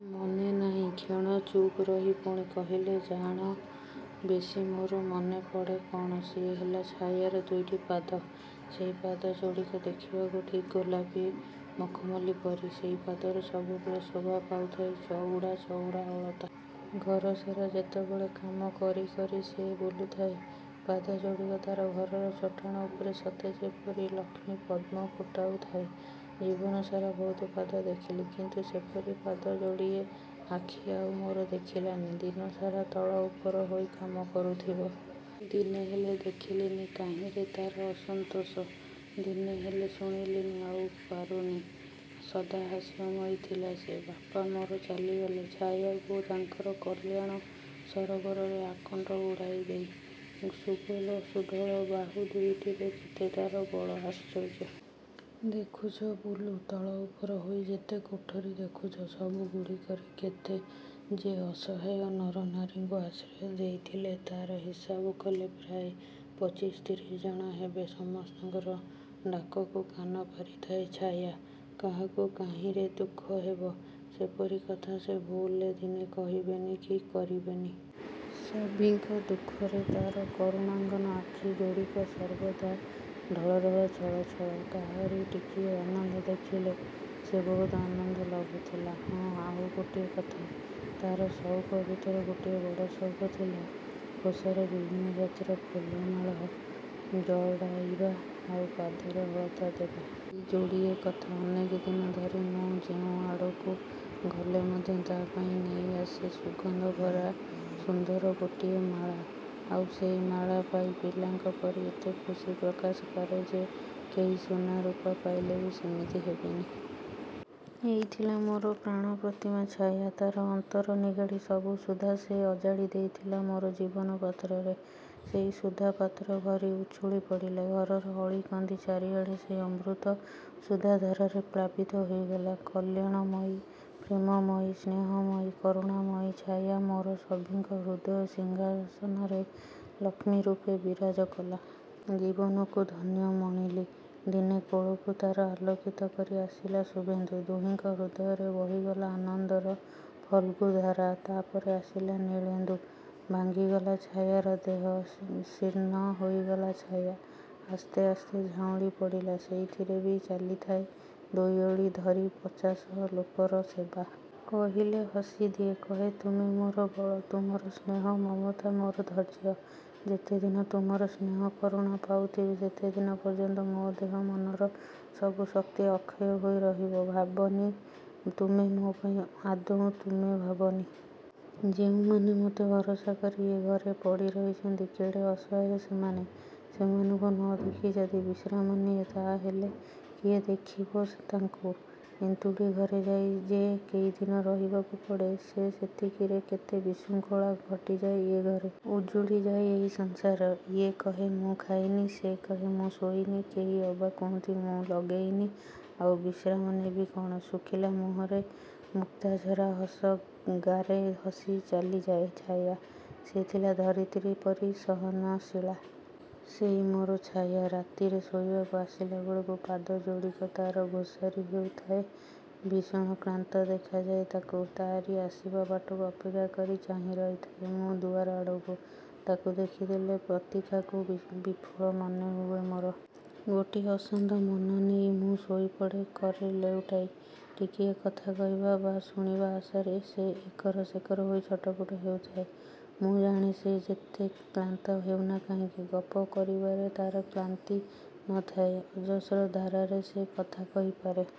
ମନେ ନାହିଁ। କ୍ଷଣେ ଚୁପ୍ ରହି ପୁଣି କହିଲେ ଜାଣ, ବେଶୀ ମୋର ମନେ ପଡ଼େ କ'ଣ? ସେ ହେଲା ଛାୟାର ଦୁଇଟି ପାଦ। ସେଇ ପାଦ ଯୋଡ଼ିକ ଦେଖିବାକୁ ଠିକ୍ ଗୋଲାପୀ ମଖମଲ ପରି। ସେଇ ପାଦରେ ସବୁବେଳେ ଶୋଭା ପାଉଥାଏ ଚଉଡ଼ା ଚଉଡ଼ା ଅଳତା। ଘରସାରା ଯେତେବେଳେ କାମ କରି କରି ସେ ବୁଲୁଥାଏ, ପାଦ ଯୋଡ଼ିକ ତା'ର ଘରର ଚଟାଣ ଉପରେ ସତେଯେପରି ଲକ୍ଷ ପଦ୍ମ ଫୁଟାଉଥାଏ। ଜୀବନସାରା ବହୁତ ପାଦ ଦେଖିଲି, କିନ୍ତୁ ସେପରି ପାଦ ଯୋଡ଼ିଏ ଆଖି ଆଉ ମୋର ଦେଖିଲାନି। ଦିନସାରା ତଳ ଉପର ହୋଇ କାମ କରୁଥିବ। ଦିନେ ହେଲେ ଦେଖିଲିନି କାହିଁରେ ତା'ର ଅସନ୍ତୋଷ। ଦିନେ ହେଲେ ଶୁଣିଲିନି ଆଉ ପାରୁନି। ସଦା ହାସ୍ୟମୟୀ ଥିଲା ସେ। ବାପା ମୋର ଚାଲିଗଲେ ଛାୟାକୁ ତାଙ୍କର କଲ୍ୟାଣ ସରୋବରରେ ଆକଣ୍ଠ ବୁଡ଼ାଇ ଦେଇ। ସୁଗୋଲ, ସୁଢ଼ଳ ବାହୁ ଦୁଇଟିରେ କେତେ ତା'ର ବଳ। ଆଶ୍ଚର୍ଯ୍ୟ! ଦେଖୁଛ ବୁଲୁ, ତଳ ଉପର ହୋଇ ଯେତେ କୋଠରି ଦେଖୁଛ, ସବୁଗୁଡ଼ିକରେ କେତେ ଯେ ଅସହାୟ ନରନାରୀଙ୍କୁ ଆଶ୍ରୟ ଦେଇଥିଲେ ତା'ର ହିସାବ କଲେ ପ୍ରାୟ ପଚିଶ ତିରିଶ ଜଣ ହେବେ। ସମସ୍ତଙ୍କର ଡାକକୁ କାନ ପାରିଥାଏ ଛାୟା। କାହାକୁ କାହିଁରେ ଦୁଃଖ ହେବ, ସେପରି କଥା ସେ ଭୁଲରେ ଦିନେ କହିବେନି କି କରିବେନି। ସଭିଙ୍କ ଦୁଃଖରେ ତା'ର କରୁଣାଙ୍ଗନ ଆଖି ଯୋଡ଼ିକ ସର୍ବଦା ଢଳ ଢଳ ଛଳ ଛଳ। କାହାରି ଟିକିଏ ଆନନ୍ଦ ଦେଖିଲେ, ସେ ବହୁତ ଆନନ୍ଦ ଲଭୁଥିଲା। ହଁ, ଆଉ ଗୋଟିଏ କଥା। ତା'ର ସଉକ ଭିତରେ ଗୋଟିଏ ବଡ଼ ସଉକ ଥିଲା ଖୋସାରେ ବିଭିନ୍ନ ଜାତିର ଫୁଲମାଳ ଜଡ଼ାଇବା, ଆଉ ପାଦରେ ଅଳତା ଦେବା। ଏଇ ଯୋଡ଼ିଏ କଥା। ଅନେକ ଦିନ ଧରି ମୁଁ ଯେଉଁଆଡ଼କୁ ଗଲେ ମଧ୍ୟ ତା' ପାଇଁ ନେଇ ଆସେ ସୁଗନ୍ଧ ଭରା ସୁନ୍ଦର ଗୋଟିଏ ମାଳା। ଆଉ ସେଇ ମାଳା ପାଇ ପିଲାଙ୍କ ପରି ଏତେ ଖୁସି ପ୍ରକାଶ କରେ ଯେ, କେହି ସୁନା ରୁପା ପାଇଲେ ବି ସେମିତି ହେବନି। ଏଇ ଥିଲା ମୋର ପ୍ରାଣ-ପ୍ରତିମା ଛାୟା। ତା'ର ଅନ୍ତର ନିଗାଡ଼ି ସବୁ ସୁଧା ସେ ଅଜାଡ଼ି ଦେଇଥିଲା ମୋର ଜୀବନ ପାତ୍ରରେ। ସେଇ ସୁଧା ପାତ୍ର ଭରି ଉଛୁଳି ପଡ଼ିଲା। ଘରର ଗଳି କନ୍ଦି ଚାରିଆଡ଼େ ସେଇ ଅମୃତ ସୁଧାଧାରାରେ ପ୍ଳାବିତ ହୋଇଗଲା। କଲ୍ୟାଣମୟୀ, ପ୍ରେମମୟୀ, ସ୍ନେହମୟୀ, କରୁଣାମୟୀ ଛାୟା ମୋର ସଭିଙ୍କ ହୃଦୟ ସିଂହାସନରେ ଲକ୍ଷ୍ମୀରୂପେ ବିରାଜ କଲା। ଜୀବନକୁ ଧନ୍ୟ ମଣିଲି। ଦିନେ କୋଳକୁ ତା'ର ଆଲୋକିତ କରି ଆସିଲା ଶୁଭେନ୍ଦୁ। ଦୁହିଁଙ୍କ ହୃଦୟରେ ବହିଗଲା ଆନନ୍ଦର ଫଲ୍ଗୁ ଧାରା। ତା' ପରେ ଆସିଲା ନୀଳେନ୍ଦୁ। ଭାଙ୍ଗିଗଲା ଛାୟାର ଦେହ। ଶୀର୍ଣ୍ଣ ହୋଇଗଲା ଛାୟା, ଆସ୍ତେ ଆସ୍ତେ ଝାଉଁଳି ପଡ଼ିଲା। ସେଇଥିରେ ବି ଚାଲିଥାଏ ଦୁଇଓଳି ଧରି ପଚାଶ ଲୋକର ସେବା। କହିଲେ ହସି ଦିଏ। କହେ ତୁମେ ମୋର ବଳ, ତୁମର ସ୍ନେହ, ମମତା ମୋର ଧୈର୍ଯ୍ୟ। ଯେତେଦିନ ତୁମର ସ୍ନେହ କରୁଣା ପାଉଥିବି ସେତେଦିନ ପର୍ଯ୍ୟନ୍ତ ମୋ ଦେହ ମନର ସବୁ ଶକ୍ତି ଅକ୍ଷୟ ହୋଇ ରହିବ। ଭାବନି ତୁମେ ମୋ ପାଇଁ ଆଦୌ ତୁମେ ଭାବନି। ଯେଉଁମାନେ ମତେ ଭରସା କରି ଏ ଘରେ ପଡ଼ି ରହିଛନ୍ତି କେଡ଼େ ଅସହାୟ ସେମାନେ! ସେମାନଙ୍କୁ ନ ଦେଖି ଯଦି ବିଶ୍ରାମ ନିଏ ତାହାହେଲେ କିଏ ଦେଖିବ ତାଙ୍କୁ। ଏନ୍ତୁଡ଼ି ଘରେ ଯାଇ ଯେ କେଇଦିନ ରହିବାକୁ ପଡ଼େ, ସେ ସେତିକିରେ କେତେ ବିଶୃଙ୍ଖଳା ଘଟିଯାଏ ଏ ଘରେ। ଉଜୁଡ଼ି ଯାଏ ଏଇ ସଂସାର। ଇଏ କହେ ମୁଁ ଖାଇନି, ସେ କହେ ମୁଁ ଶୋଇନି, କେହି ଅବା କୁହନ୍ତି ମୁଁ ଲଗେଇନି, ଆଉ ବିଶ୍ରାମ ନେବି କ'ଣ? ଶୁଖିଲା ମୁହଁରେ ମୁକ୍ତାଝରା ହସ ଗାରେ ହସି ଚାଲିଯାଏ ଛାୟା। ସେ ଥିଲା ଧରିତ୍ରୀ ପରି ସହନଶୀଳା। ସେଇ ମୋର ଛାୟା। ରାତିରେ ଶୋଇବାକୁ ଆସିଲା ବେଳକୁ ପାଦ ଯୋଡ଼ିକ ତା'ର ଘୋସାରି ହେଉଥାଏ। ଭୀଷଣ କ୍ଳାନ୍ତ ଦେଖାଯାଏ ତାକୁ। ତା'ରି ଆସିବା ବାଟକୁ ଅପେକ୍ଷା କରି ଚାହିଁ ରହିଥାଏ ମୁଁ ଦୁଆର ଆଡ଼କୁ। ତାକୁ ଦେଖି ଦେଲେ ପ୍ରତୀକ୍ଷାକୁ ବିଫଳ ମନେ ହୁଏ ମୋର। ଗୋଟିଏ ଅଶାନ୍ତ ମନ ନେଇ ମୁଁ ଶୋଇ ପଡ଼େ କର ଲେଉଟାଇ। ଟିକିଏ କଥା କହିବା ବା ଶୁଣିବା ଆଶାରେ ସେ ଏକର ସେକର ହୋଇ ଛଟପଟ ହେଉଥାଏ। ମୁଁ ଜାଣେ, ସେ ଯେତେ କ୍ଳାନ୍ତ ହେଉନା କାହିଁକି ଗପ କରିବାରେ ତା'ର କ୍ଳାନ୍ତି ନଥାଏ। ଅଜସ୍ର ଧାରାରେ ସେ କଥା କହି ପାରେ।